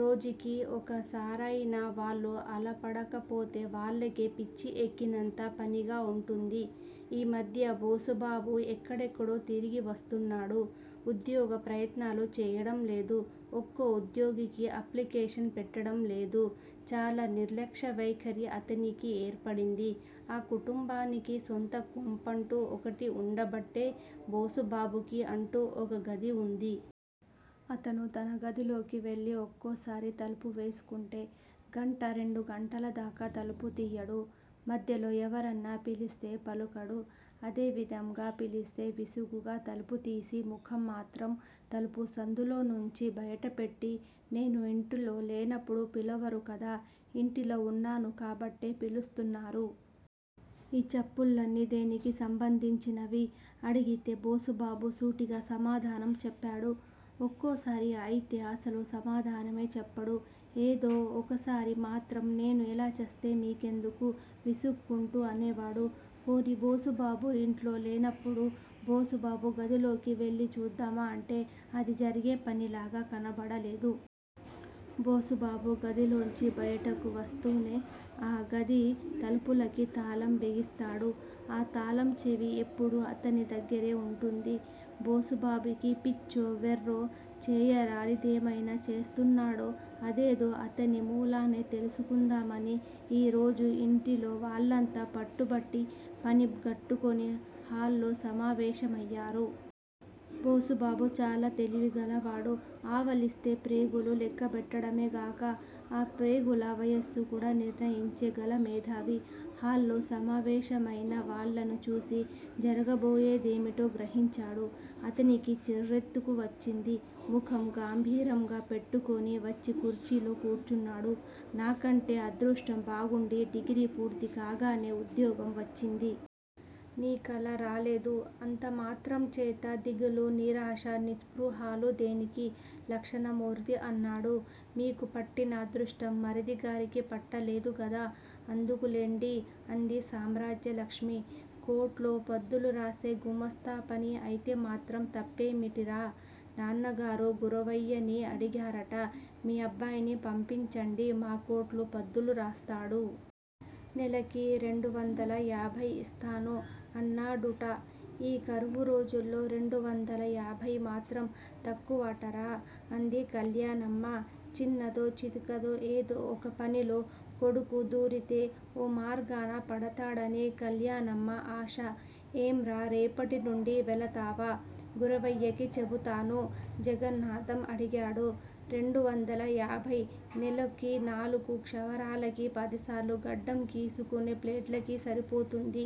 రోజుకి ఒకసారయినా వాళ్ళు అలాపడకపోతే వాళ్ళకే పిచ్చి ఎక్కినంత పనిగా వుంటుంది. ఈమధ్య బోసుబాబు ఎక్కడెక్కడో తిరిగివస్తున్నాడు. ఉద్యోగ ప్రయత్నాలు చేయటం లేదు. ఒక్క ఉద్యోగానికీ అప్లికేషన్ పెట్టడంలేదు. చాలా నిర్లక్ష్య వైఖరి అతనికి ఏర్పడింది. ఆ కుటుంబానికి సొంత కొంపంటూ ఒకటి వుండబట్టే బోసుబాబుకి అంటూ ఒక గది వుంది. అతను తన గదిలోకి వెళ్ళి ఒక్కోసారి తలుపు వేసుకుంటే గంటా రెండు గంటలదాకా తలుపు తియ్యడు. మధ్యలో ఎవరన్నా పిలిస్తే పలకడు. అదేపనిగా పిలిస్తే విసురుగా తలుపు తీసి ముఖం మాత్రం తలుపు సందులోనుంచి బయటపెట్టి నేను ఇంటిలో లేనపుడు పిలవరుకదా! ఇంటిలో వున్నాను కాబట్టే పిలుస్తున్నారు. ఈ చప్పుళ్ళన్నీ దేనికి సంబందించినవి? అడిగితే బోసుబాబు సూటిగా సమాధానం చెప్పడు. ఒక్కోసారి అయితే అసలు సమాధానమే చెప్పడు. ఏదో ఒకసారి మాత్రం నేను ఎలా ఛస్తే మీకెందుకు? విసుక్కుంటూ అనేవాడు. పోనీ, బోసుబాబు ఇంట్లోలేనప్పుడు బోసుబాబు గదిలోకి వెళ్ళి చూద్దామా అంటే, అది జరిగేపనిలాగా కనపడలేదు. బోసుబాబు గదిలోంచి బయటకు వస్తూనే ఆ గది తలుపులకి తాళం బిగిస్తాడు. ఆ తాళం చెవి ఎప్పుడూ అతని దగ్గరే వుంటుంది. బోసుబాబుకి పిచ్చో, వెర్రో, చేయరానిదేమైనా చేస్తున్నాడో అదేదో అతని మూలానే తెలుసుకుందామని ఈరోజు యింటిలో వాళ్ళంతా పట్టుబట్టి పనిగట్టుకుని హాల్ లో సమావేశమయ్యారు. బోసుబాబు చాలా తెలివిగలవాడు. ఆవలిస్తే ప్రేగులు లెక్కపెట్టడమేకాక, ఆ ప్రేగుల వయస్సు కూడా నిర్ణయించగల మేథావి. హాల్లో సమావేశమయిన వాళ్ళను చూసి జరగబోయేదేమిటో గ్రహించాడు. అతనికి చిర్రెత్తుకు వచ్చింది. ముఖం గంభీరంగా పెట్టుకుని వచ్చి కుర్చీలో కూర్చున్నాడు. నాకంటే అదృష్టం బాగుండి, డిగ్రీ పూర్తి కాగానే ఉద్యోగం వచ్చింది. నీకలా రాలేదు. అంతమాత్రంచేత దిగులు, నిరాశ, నిస్పృహలు దేనికి? లక్షణమూర్తి అన్నాడు. మీకు పట్టిన అదృష్టం మరిదిగారికి పట్టలేదు గదా! అందుకులేండి! అంది సామ్రాజ్యలక్ష్మి. కొట్లో పద్దులురాసే గుమస్తాపని అయితేమాత్రం తప్పేమిటి రా! నాన్నగారు గురవయ్యని అడిగారుట. మీ అబ్బాయిని పంపించండి. మా కొట్లో పద్దులు రాస్తాడు. నెలకి రెండువందల యాభయి ఇస్తాను. అన్నాడుట. ఈ కరువురోజుల్లో రెండువందల యాభయి మాత్రం తక్కువటరా! అంది కల్యాణమ్మ. చిన్నదో, చితకదో ఏదో ఒక పనిలో కొడుకుదూరితే ఓ మార్గాన పడతాడని కల్యాణమ్మ ఆశ. ఏంరా! రేపటినుండి వెళతావా? గురవయ్యకి చెబుతాను! జగన్నాథం అడిగాడు. రెండువందలయాభయి! నెలకి నాలుగు క్షవరాలకి పదిసార్లు గడ్డం గీసుకునే బ్లేడ్లకి సరిపోతుంది.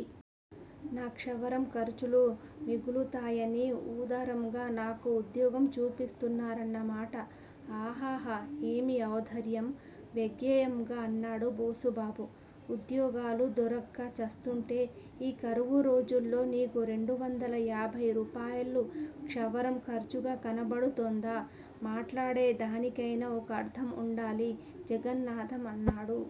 నా క్షవరం ఖర్చులు మిగులుతాయని ఉదారంగా నాకో ఉద్యోగం చూపిస్తున్నారన్న మాట ఆహాహా! ఏమి ఔదార్యం! వ్యగ్యేయంగా అన్నాడు బోసుబాబు. ఉద్యోగాలు దొరక్క ఛస్తుంటే ఈ కరువు రోజుల్లో నీకు రెండువందల యాభయి రూపాయలు క్షవరం ఖర్చుగా కనపడుతోందా? మాట్లాడే దానికైనా ఒక అర్ధం వుండాలి జగన్నాథం అన్నాడు.